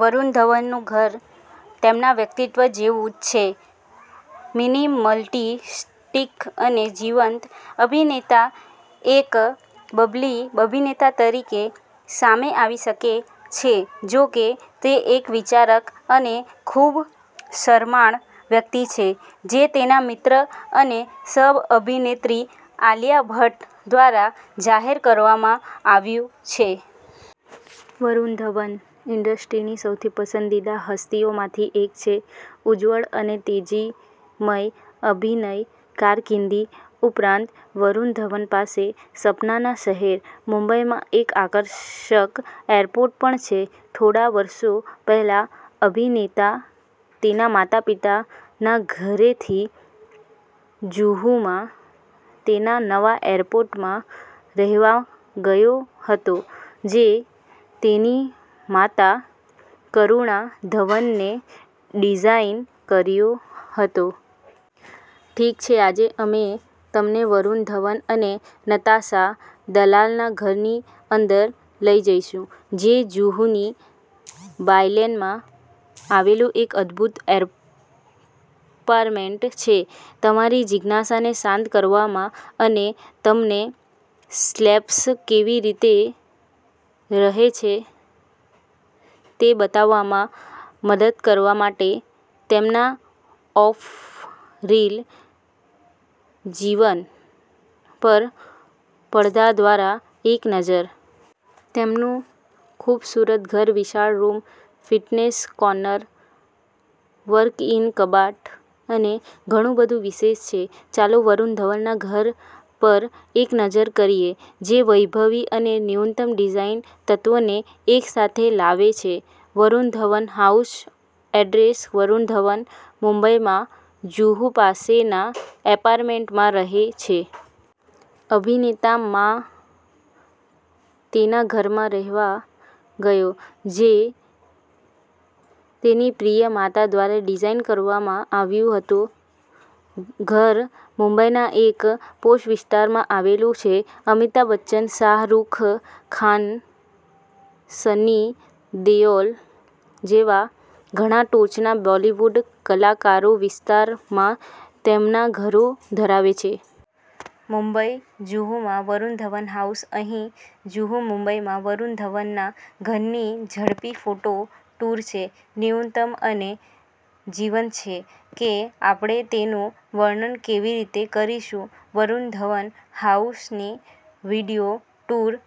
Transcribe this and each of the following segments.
વરુણ ધવનનું ઘર તેમના વ્યક્તિત્વ જેવુંછે મિનિમલિસ્ટિક અને જીવંત. અભિનેતા એક બબલી બબિનેતા તરીકે સામે આવી શકે છે જો કે, તે એક વિચારક અને ખૂબ શરમાણ વ્યક્તિ છે, જે તેના મિત્ર અને સહ-અભિનેત્રી આલિયા ભટ્ટ દ્વારા જાહેર કરવામાં આવ્યું છે. વરુણ ધવન ઈન્ડસ્ટ્રીની સૌથી પસંદીદા હસ્તીઓમાંથી એક છે. ઉજ્જવળ અને તેજીમય અભિનય કારકિર્દી ઉપરાંત, વરુણ ધવન પાસે સપનાના શહેર, મુંબઈમાં એક આકર્ષક એરપોર્ટ પણ છે. થોડા વર્ષો પહેલા, અભિનેતા તેના માતા-પિતાના ઘરેથી જુહુમાં તેના નવા એરપોર્ટ રહેવા ગયો હતો, જે તેની માતા કરુણા ધવનને ડિઝાઇન કર્યુ હતો. ઠીક છે, આજે અમે તમને વરુણ ધવન અને નતાશા દલાલના ઘરની અંદર લઈ જઈશું, જે જુહુની બાયલેનમાં આવેલું એક અદભૂત એરપાર્મેન્ટ છે. તમારી જિજ્ઞાસાને શાંત કરવામાં અને તમને સ્લેબ્સ કેવી રીતે રહે છે તે બતાવવામાં મદદ કરવા માટે તેમના ઑફ-રીલ જીવન પર પડદા દ્વારા એક નજર. તેમનું ખૂબસૂરત ઘર વિશાળ રૂમ, ફિટનેસ કોર્નર, વર્ક-ઇન કબાટ અને ઘણું બધું વિશે છે. ચાલો વરુણ ધવનના ઘર પર એક નજર કરીએ જે વૈભવી અને ન્યૂનતમ ડિઝાઇન તત્વોને એકસાથે લાવે છે. વરુણ ધવન હાઉસ એડ્રેસ વરુણ ધવન મુંબઈમાં જુહુ પાસેના એપારમેન્ટમાં રહે છે. અભિનેતા માં તેના ઘરમાં રહેવા ગયો, જે તેની પ્રિય માતા દ્વારા ડિઝાઇન કરવામાં આવ્યુ હતુ. ઘર મુંબઈના એક પોશ વિસ્તારમાં આવેલું છે. અમિતાભ બચ્ચન, શાહરૂખખાન સન્ની દેઓલ જેવા ઘણા ટોચના બોલીવુડ કલાકારો વિસ્તારમાં તેમના ઘરો ધરાવે છે. મુંબઈ જુહુમાં વરુણ ધવન હાઉસ અહીં જુહુ મુંબઈમાં વરુણ ધવનના ઘરની ઝડપી ફોટો ટૂર છે. ન્યૂનતમ અને જીવંતછે કે આપણે તેનું વર્ણન કેવી રીતે કરીશું. વરુણ ધવન હાઉસની વિડિયો ટૂર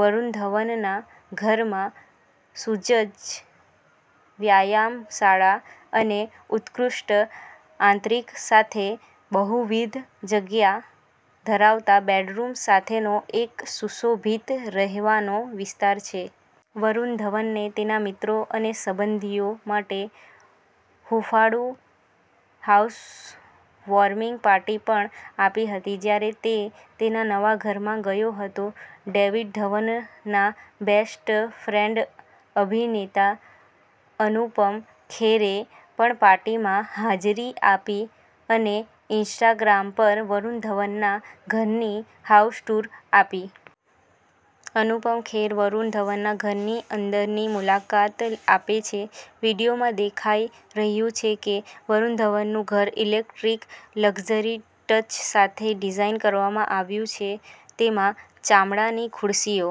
વરુણ ધવનના ઘરમાં સુજજ્જ વ્યાયામશાળા અને ઉત્કૃષ્ટ આંતરિક સાથે બહુવિધ જગ્યા ધરાવતા બેડરૂમ સાથેનો એક સુશોભિત રહેવાનો વિસ્તાર છે. વરુણ ધવનને તેના મિત્રો અને સંબંધીઓ માટે હૂંફાળું હાઉસવોર્મિંગ પાર્ટી પણ આપી હતી જ્યારે તે તેના નવા ઘરમાં ગયો હતો. ડેવિડ ધવનના બેસ્ટ ફ્રેન્ડ અભિનેતા અનુપમ ખેરે પણ પાર્ટીમાં હાજરી આપી અને ઈન્સ્ટાગ્રામ પર વરુણ ધવનના ઘરની હાઉસ ટૂર આપી. અનુપમ ખેર વરુણ ધવનના ઘરની અંદરની મુલાકાત આપે છે. વીડિયોમાં દેખાઈ રહ્યું છે કે વરુણ ધવનનું ઘર ઈલેક્ટ્રિક લક્ઝરી ટચ સાથે ડિઝાઈન કરવામાં આવ્યું છે. તેમાં ચામડાની ખુરશીઓ